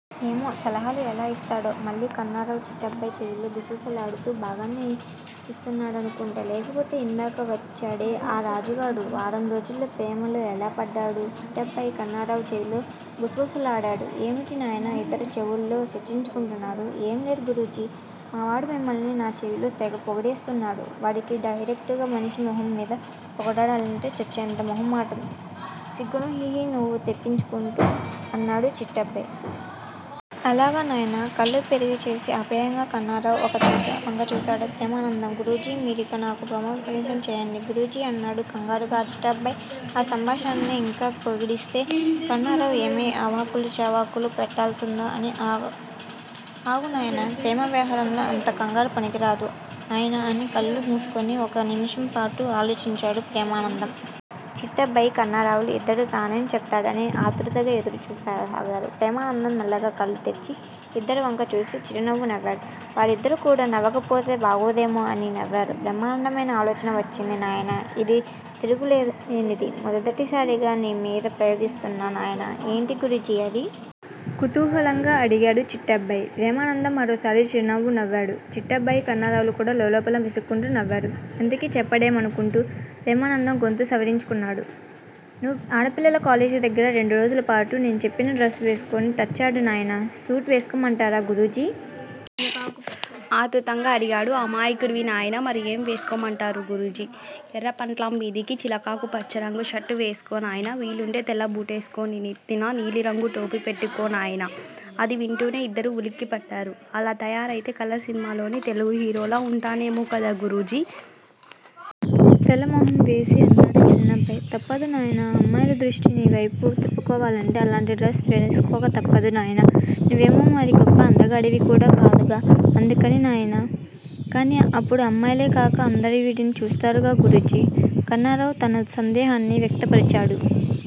ఏమో! సలహాలు ఎలా ఇస్తాడో?? మళ్ళీ కన్నారావు చిట్టబ్బాయి చెవిలో గుసగుసలాడాడు. బాగానే ఇస్తాడనుకుంటా లేకపోతే ఇందాక వచ్చాడే ఆ రాజుగాడు వారం రోజుల్లో ప్రేమలో ఎలా పడ్తాడు? చిట్టబ్బాయి కన్నారావు చెవిలో గుసగుసలాడాడు. ఏమిటి నాయనా ఇద్దరూ చెవుల్లో చర్చించుకుంటున్నారు? ఏంలేదు గురూజీ మావాడు మిమ్మల్ని నా చెవిలో తెగ పొగిడేస్తున్నాడు వాడికి డైరెక్టుగా మనిషి మొహం మీద పొగడాలంటే చచ్చేంత మొగమాటం సిగ్గూనూ హిహి నువ్వు తెప్పించుకుంటూ అన్నాడు చిట్టబ్బాయ్. అలాగా నాయనా? కళ్ళు పెద్దవిచేసి అప్యాయంగా కన్నారావు వంక చూశాడు ప్రేమానందం. గురూజీ మీరిక నాకు ప్రేమోపదేశం చెయ్యండి గురూజీ అన్నాడు కంగారుగా చిట్టబ్బాయ్ ఆ సంభాషణని ఇంకా పొడిగిస్తే కన్నారావు ఏమేమి అవాకులూ చవాకులూ పేల్తాడోనని. అగు నాయనా ప్రేమ వ్యవహారంలో అంత కంగారు పనికిరాదు నాయనా అని కళ్ళు మూస్కుని ఒక నిముషంపాటు ఆలోచించాడు ప్రేమానందం. చిట్టబ్బాయ్ కన్నారావులు ఇద్దరూ తనేం చెప్తాడోనని ఆతృతగా ఎదురు చూడసాగారు. ప్రేమానందం మెల్లగా కళ్ళు తెరిచి ఇద్దరి వంకా చూసి చిరునవ్వు నవ్వాడు. వాళ్ళిద్దరూ కూడా నవ్వకపోతే బాగుండదేమోనని నవ్వారు. బ్రహ్మండమైన ఆలోచన వచ్చింది నాయనా ఇది తిరుగులేనిది మొదటిసారిగా నీ మీద ప్రయోగిస్తున్నా నాయనా ఏంటి గురూజీ అది? కుతూహలంగా అడిగాడు చిట్టబ్బాయి. ప్రేమానందం మరోసారి చిరునవ్వు నవ్వాడు. చిట్టబ్బాయి, కన్నారావులు కూడా లోలోపల విసుక్కుంటూ నవ్వారు. ఎంతకీ చెప్పడేం అనుకుంటూ. ప్రేమానందం గొంతు సవరించుకున్నాడు. నువ్వు ఆడపిల్లల కాలేజీ దగ్గర రెండు రోజులపాటు నేను చెప్పిన డ్రెస్ వేస్కుని తచ్చాడు నాయన సూట్ వేస్కోమంటారా గురూజీ? ఆతృతంగా అడిగాడు. అమాయకుడివి నాయనా మరి ఏం వేస్కోమంటారు గురూజీ? ఎర్రపంట్లాం మీదికి చిలకాకు పచ్చరంగు షర్టు వేస్కో నాయనా వీలుంటే తెల్లబూట్లేస్కునినెత్తిన నీలిరంగు టోపీ పెట్టుకో నాయన అది వింటూనే ఇద్దరూ ఉలిక్కిపడ్డారు. అలా తయారైతే కలర్ సినిమాలోని తెలుగు హీరోలా ఉంటానేమో కద గురూజీ? తెల్లమొహం వేసి అన్నాడు చిట్టబ్బాయి. తప్పదు నాయనా అమ్మాయిల దృష్టిని నీవైపుకి తిప్పుకోవాలంటే అలాంటి డ్రెస్ వేస్కోక తప్పదు నాయనా నువ్వేమో మరీ గొప్ప అందగాడివి కూడా కాదుగా అందుకని నాయనా కానీ అప్పుడు అమ్మాయిలే కాక అందరూ వీడిని చూస్తారుగా గురూజీ? కన్నారావు తన సందేహాన్ని వ్యక్తపరిచాడు.